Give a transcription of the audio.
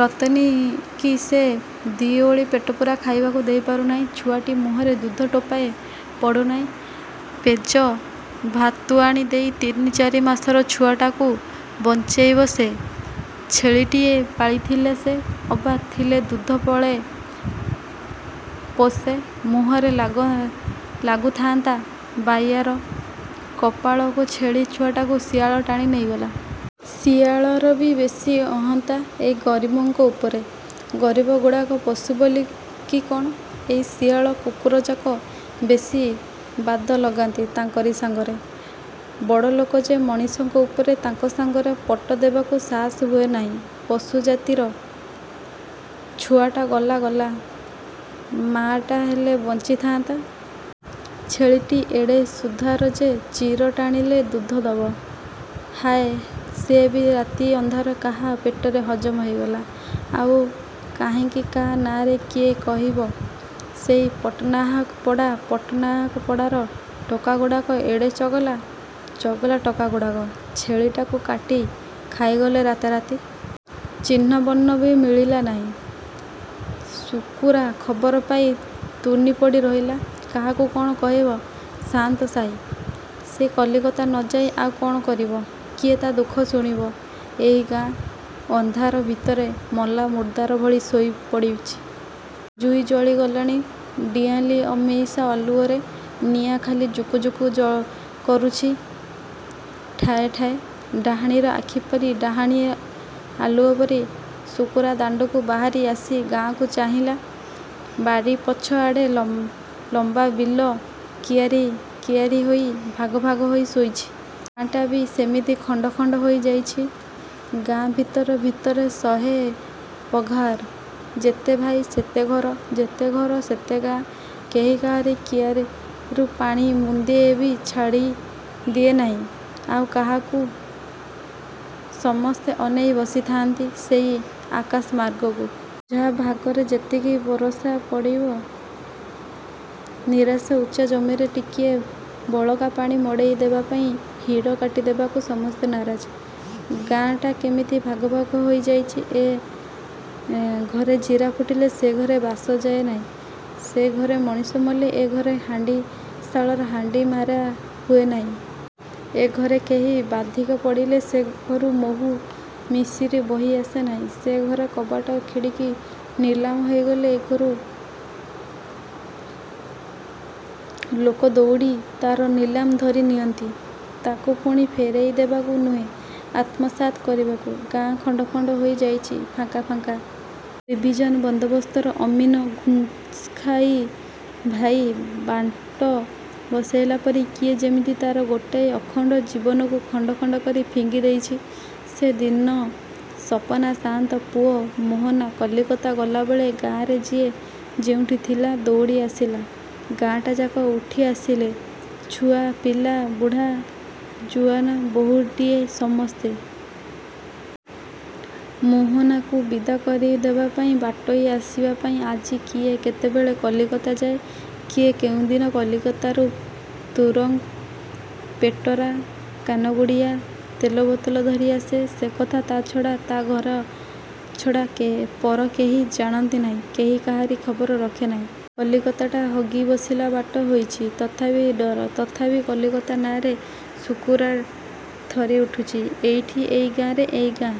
ରତନୀକି ସେ ଦି'ଓଳି ପେଟପୂରା ଖାଇବାକୁ ଦେଇପାରୁନାହିଁ। ଛୁଆଟି ମୁହଁରେ ଦୁଧ ଟୋପାଏ ପଡ଼ୁନାହିଁ। ପେଯ, ଭାତୁଆଣି ଦେଇ ତିନି ଚାରିମାସର ଛୁଆଟାକୁ ବଞ୍ଚେଇବ ସେ? ଛେଳିଟିଏ ପାଳିଥିଲା ସେ ଅବା ଥିଲେ ଦୁଧ ପଳେ ପୋଷେ ମୁହଁରେ ଲାଗ ଲାଗୁଥାନ୍ତା ବାଇଆର। କପାଳକୁ ଛେଳି ଛୁଆଟାକୁ ଶିଆଳ ଟାଣି ନେଇଗଲା। ଶିଆଳରବି ବେଶି ଅହନ୍ତା ଏଇ ଗରିବଙ୍କ ଉପରେ। ଗରିବଗୁଡ଼ାକ ପଶୁ ବୋଲି କି କ'ଣ ଏଇ ଶିଆଳ କୁକୁରଯାକ ବେଶି ବାଦ ଲଗାନ୍ତି ତାଙ୍କରି ସାଙ୍ଗରେ। ବଡ଼ଲୋକ ଯେ ମଣିଷଙ୍କ ଉପରେ, ତାଙ୍କ ସାଙ୍ଗରେ ପଟ ଦେବାକୁ ସାହସ ହୁଏ ନାହିଁ ପଶୁ ଜାତିର। ଛୁଆଟା ଗଲା ଗଲା, ମାଟା ହେଲେ ବଞ୍ଚି ଥାଆନ୍ତା। ଛେଳିଟି ଏଡ଼େ ସୁଧାର ଯେ ଚିର ଟାଣିଲେ ଦୁଧ ଦବ। ହାୟ, ସେ ବି ରାତି ଅନ୍ଧାରରେ କାହା ପେଟରେ ହଜମ ହେଇଗଲା। ଆଉ କାହିଁକି କାହା ନାଆଁରେ କିଏ କହିବ! ସେହି ପଟ୍ଟନାହାକ ପଡ଼ା ପଟ୍ଟନାହାକପଡ଼ାର ଟୋକାଗୁଡ଼ାକ ଏଡ଼େ ଚଗଲା ଚଗଲା ଟୋକାଗୁଡ଼ାକ ଛେଳିଟାକୁ କାଟି ଖାଇଗଲେ ରାତାରାତି। ଚିହ୍ନବର୍ଣ୍ଣବି ମିଳିଲା ନାହିଁ। ଶୁକୁରା ଖବର ପାଇ ତୁନି ପଡ଼ି ରହିଲା। କାହାକୁ କ'ଣ କହିବ? ସାଆନ୍ତ ସାହି। ସେ କଲିକତା ନ ଯାଇ ଆଉ କ'ଣ କରିବ? କିଏ ତା' ଦୁଃଖ ଶୁଣିବ? ଏଇ ଗାଁ। ଅନ୍ଧାର ଭିତରେ ମଲା ମୁର୍ଦାର ଭଳି ଶୋଇ ପଡ଼ିଚି। ଜୁଇ ଜଳି ଗଲାଣି ଦିଆଲି ଅମେଇସା ଆଲୁଅରେ। ନିଆଁ ଖାଲି ଜୁକୁଜୁକୁ କରୁଛି ଠାଏ ଠାଏ, ଡାହାଣୀର ଆଖି ପରି, ଡାହାଣୀ ଆଲୁଅ ପରି। ଶୁକୁରା ଦାଣ୍ଡକୁ ବାହାରି ଆସି ଗାଁକୁ ଚାହିଁଲା। ବାରିପଛ ଆଡ଼େ ଲମ୍ୱା ବିଲ କିଆରି କିଆରି ହେଇ ଭାଗ ଭାଗ ହେଇ ଶୋଇଛି। ଗାଁଟାବି ସେମିତି ଖଣ୍ଡ ଖଣ୍ଡ ହେଇ ଯାଇଛି। ଗାଁ ଭିତରେ ଭିତରେ ଶହେ ପଘାର। ଯେତେ ଭାଇ ସେତେ ଘର। ଯେତେ ଘର ସେତେ ଗାଁ। କେହି କାହାର କିଆରିରୁ ପାଣି ମୁନ୍ଦିଏବି ଛାଡ଼ିଦିଏ ନାହିଁ ଆଉ କାହାକୁ। ସମସ୍ତେ ଅନେଇ ବସିଥାନ୍ତି ସେଇ ଆକାଶ ମାର୍ଗକୁ। ଯାହା ଭାଗରେ ଯେତିକି ବରଷା ପଡ଼ିବ। ନିରସା ଉଚ୍ଚା ଜମିରେ ଟିକିଏ ବଳକାପାଣି ମଡ଼େଇ ଦେବାପାଇଁ ହିଡ଼କାଟିଦେବାକୁ ସମସ୍ତେ ନାରାଜ। ଗାଁଟା କେମିତି ଭାଗ ଭାଗ ହେଇ ଯାଇଛି। ଏ ଘରେ ଜିରା ଫୁଟିଲେ ସେ ଘରକୁ ବାସ ଯାଏଁ ନାହିଁ। ସେ ଘରେ ମଣିଷ ମଲେ ଏ ଘର ହାଣ୍ଡିଶାଳର ହାଣ୍ଡି ମାରା ହୁଏ ନାହିଁ। ଏ ଘରେ କେହି ବାଧିକି ପଡ଼ିଲେ ସେ ଘରୁ ମହୁ ମିଶିର ବହି ଆସେ ନାହିଁ। ସେ ଘରର କବାଟ ଖିଡ଼ିକି ନିଲାମ ହେଇଗଲେ ଏଘରୁ ଲୋକଦଉଡ଼ି ତା'ର ନିଲାମ ଧରି ନିଅନ୍ତି, ତାକୁ ପୁଣି ଫେରେଇ ଦେବାକୁ ନୁହେଁ ଆତ୍ମସାତ କରିବାକୁ। ଗାଁ ଖଣ୍ଡଖଣ୍ଡ ହେଇ ଯାଇଛି ଫାଙ୍କଫାଙ୍କ। ରିଭିଜନ ବନ୍ଦୋବସ୍ତର ଅମିନ ଘୁଷ୍ଖାଇ ଭାଇ ବାଣ୍ଟ ବସେଇଲା ପରି କିଏ ଯେମିତି ଗାଁର ଗୋଟାଏ ଅଖଣ୍ଡ ଜୀବନକୁ ଖଣ୍ଡଖଣ୍ଡ କରି ଫିଙ୍ଗି ଦେଇଛି। ସେ ଦିନ ସପନା ସାଆନ୍ତ ପୁଅ ମୋହନା କଲିକତା ଗଲାବେଳେ ଗାଁରେ ଯିଏ ଯେଉଁଠି ଥିଲା ଦଉଡ଼ି ଆସିଲା। ଗାଁଟାଯାକ ଉଠି ଆସିଲେ, ଛୁଆପିଲା ବୁଢ଼ା ଜୁଆନ୍ ବହୂଝିଏ ସମସ୍ତେ। ମୋହନାକୁ ବିଦା କରିଦେବା ପାଇଁ ବାଟେଇ ଆସିବାପାଇଁ, ଆଜି କିଏ କେତେବେଳେ କଲିକତା ଯାଏଁ, କିଏ କୋଉଦିନ କଲିକତାରୁ ତୁରଙ୍ଗ ପେଟରା କନାଗୁଡ଼ିଆ ତେଲବୋତଲ ଧରି ଆସେ ସେ କଥା ତା' ଛଡ଼ା ତା' ଘର ଛଡ଼ା ପର କେହି ଜାଣନ୍ତି ନାହିଁ। କେହି କାହାରି ଖବର ରଖେ ନାହିଁ। କଲିକତାଟା ହଗିବସିଲା ବାଟ ହେଇଚି। ତଥାପି ଡର। ତଥାପି କଲିକତା ନାଆଁରେ ଶୁକୁରା ଥରି ଉଠୁଛି। ଏଇଠି ଏଇ ଗାଁରେ ଏଇ ଗାଁ